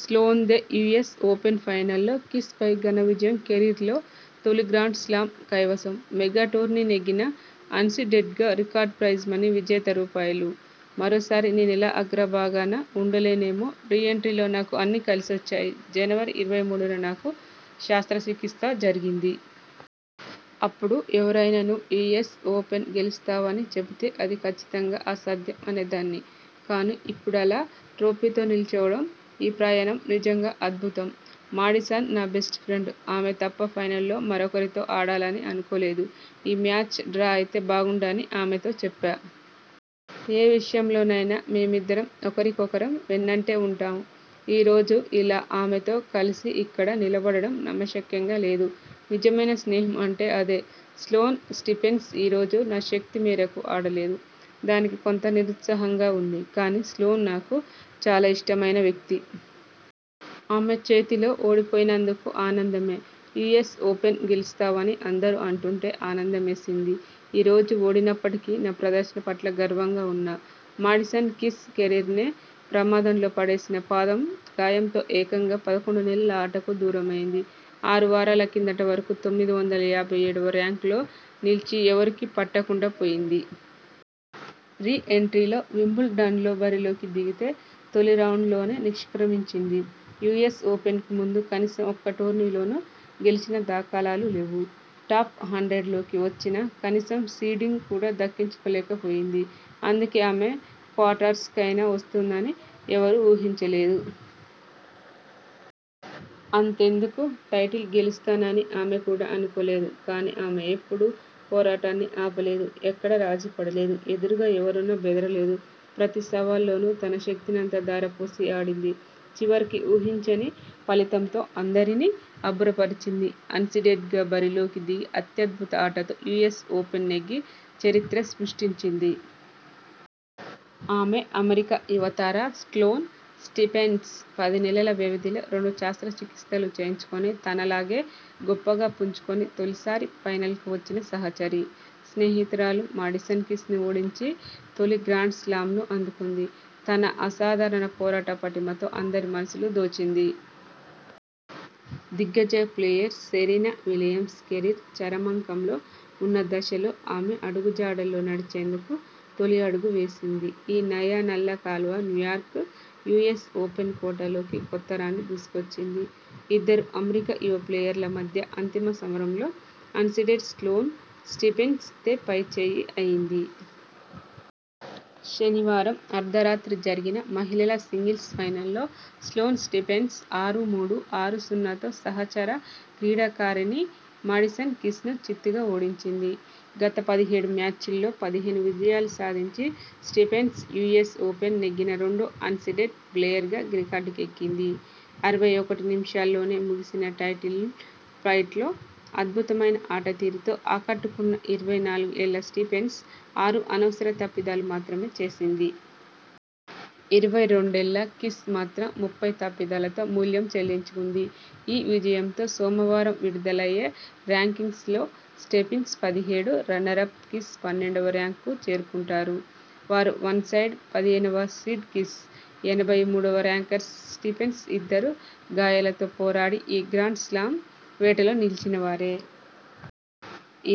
స్లోన్దే US open ఫైనల్లో Keys పై ఘన విజయం కెరీర్లో తొలి గ్రాండ్స్ లామ్ కైవసం. మెగా టోర్నీ నెగ్గిన అన్సీడెడ్గా రికార్డు ప్రైజ్ మనీ విజేత రూపాయలు. మరోసారి నేనిలా అ గ్రభాగాన ఉండలేనేమో! రీ ఎంట్రీలో నాకు అన్నీ కలిసొచ్చాయి. జనవరి ఇరవై మూడున నాకు శస్త్ర చికిత్స జరిగింది. అప్పుడు ఎవరైనా నువ్వు యూఎస్ ఓపెన్ గెలుస్తావని చెబితే అది కచ్చి తంగా అసాధ్యం అనేదాన్ని. కానీ, ఇప్పుడిలా ట్రోఫీతో నిలుచోవడం.. ఈ ప్రయాణం నిజంగా అద్భుతం. మాడిసన్ నా బెస్ట్ ఫ్రెండ్. ఆమె తప్ప ఫైనల్లో మరొకరితో ఆడాలని అనుకోలేదు. ఈ మ్యాచ్ డ్రా అయితే బాగుండని ఆమెతో చెప్పా. ఏ విషయంలోనైనా మేమిద్దరం ఒకరికొకరం వెన్నంటే ఉంటాం. ఈ రోజు ఇలా ఆమెతో కలిసి ఇక్కడ నిలబడడం నమ్మశక్యంగా లేదు. నిజమైన స్నేహం అంటే అదే. స్లోన్ స్టీఫెన్స్ ఈ రోజు నా శక్తి మేరకు ఆడలేదు. దానికి కొంత నిరుత్సాహంగా ఉంది. కానీ, స్లోన్ నాకు చాలా ఇష్టమైన వ్యక్తి. ఆమె చేతిలో ఓడిపోయినందుకు ఆనందమే. యూఎస్ ఓపెన్ గెలుస్తావని అందరూ అంటుంటే ఆనందమేసింది. ఈ రోజు ఓడినప్పటికీ నా ప్రదర్శన పట్ల గర్వంగా ఉన్నా. మాడిసన్ కీస్ కెరీర్నే ప్రమాదంలో పడేసిన పాదం గాయంతో ఏకంగా పదకొండు నెలలు ఆటకు దూరమైంది. ఆరు వారాల కిందటి వరకూ తొమ్మిది వందల యాభై ఏడువ ర్యాంక్లో నిలిచి ఎవరికీ పట్టకుండా పోయింది. రీ ఎంట్రీలో వింబుల్ డన్లో బరిలోకి దిగితే తొలి రౌండ్లోనే నిష్క్రమించింది! యూఎస్ ఓపెన్కు ముందు కనీసం ఒక్క టోర్నీ లోనూ గెలిచిన దాఖలాలు లేవు. టాప్-హండ్రెడ్ లోకి వచ్చినా., కనీసం సీడింగ్ కూడా దక్కించుకోలేక పోయింది! అందుకే.. ఆమె క్వార్టర్స్ కైనా వస్తుందని ఎవరూ ఊహించలేదు. అంతెందుకు టైటిల్ గెలుస్తానని ఆమె కూడా అనుకోలేదు. కానీ, ఆమె ఎప్పుడూ పోరాటాన్ని ఆపలేదు, ఎక్కడా రాజీ పడలేదు, ఎదురుగా ఎవరున్నా బెదరలేదు, ప్రతీ సవాల్లోనూ తన శక్తినంతా ధారపోసి ఆడింది. చివరకు ఊహించని ఫలితంతో అందరినీ అబ్బురపరిచింది. అన్సీడెడ్ గా బరిలోకి దిగి అత్యద్భుత ఆటతో యూఎస్ ఓపెన్ నెగ్గి చరిత్ర సృష్టించింది. ఆమే అమెరికా యువ తార స్లోన్ స్టీఫెన్స్ పది నెలల వ్యవధిలో రెండు శస్త్రచికిత్సలు చేయించుకొని, తనలాగే గొప్పగా పుంజుకొని, తొలిసారి ఫైనల్కు వచ్చిన సహచరి, స్నేహితురాలు మాడిసన్ కీస్ను ఓడించి తొలి గ్రాండ్స్ లామ్ను అందుకుంది. తన అసాధారణ పోరాట పటిమతో అందరి మనసులూ దోచింది. దిగ్గజ ప్లేయర్ సెరెనా విలియమ్స్ కెరీర్ చరమాంకంలో ఉన్న దశలో ఆమె అడుగజాడల్లో నడిచేందుకు, తొలి అడుగు వేసింది ఈ నయా నల్ల కా లువ న్యూయార్క్ యూఎస్ ఓపెన్ కోట లోకి కొత్త రాణి దూసుకొచ్చింది. ఇద్దరు అమెరికా యువ ప్లేయర్ల మధ్య అంతిమ సమరంలో అన్సీడెడ్ స్లోన్ స్టీఫెన్స్ దే పై చేయి అయింది. శనివారం అర్ధరాత్రి జరిగిన మహిళల సింగిల్స్ ఫైనల్లో స్లోన్ స్టీఫెన్స్ ఆరు-మూడు, ఆరు-సున్నాతో సహచర క్రీడాకారిణి మాడిసన్ కీస్ను చిత్తుగా ఓడించింది. గత పదిహేడు మ్యాచ్ల్లో పదిహేను విజయాలు సాధించిన స్టీఫెన్స్, యూఎస్ ఓపెన్ నెగ్గిన రెండో అన్సీడెడ్ ప్లేయర్గా రికార్డుకెక్కింది. అరవై ఒకటి నిమిషాల్లోనే ముగిసిన టైటిల్ ఫైట్లో అద్భుతమైన ఆటతీరుతో ఆకట్టుకున్న ఇరవై నాలుగు ఏళ్ల స్టీఫెన్స్ ఆరు అనవసర తప్పిదాలు మాత్రమే చేసింది. ఇరవై రెండు ఏళ్ల కీస్ మాత్రం ముప్పై తప్పిదాలతో మూల్యం చెల్లించుకుంది. ఈ విజయంతో సోమవారం విడుదలయ్యే ర్యాంకింగ్స్ లో స్టీఫెన్స్ పదిహేడు, రన్నరప్ కీస్ పన్నెండువ ర్యాంక్కు చేరుకుంటారు. వార్ వన్సైడ్, పదిహేనవ సీడ్ కీస్, ఎనభై మూడువ ర్యాంకర్ స్టీఫెన్స్ ఇద్దరూ గాయాలతో పోరాడి ఈ గ్రాండ్స్ లామ్ వేటలో నిలిచిన వారే.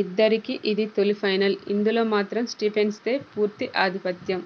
ఇద్దరికీ ఇది తొలి ఫైనల్. ఇందులో మాత్రం స్టీఫెన్స్ దే పూర్తి ఆధిపత్యం.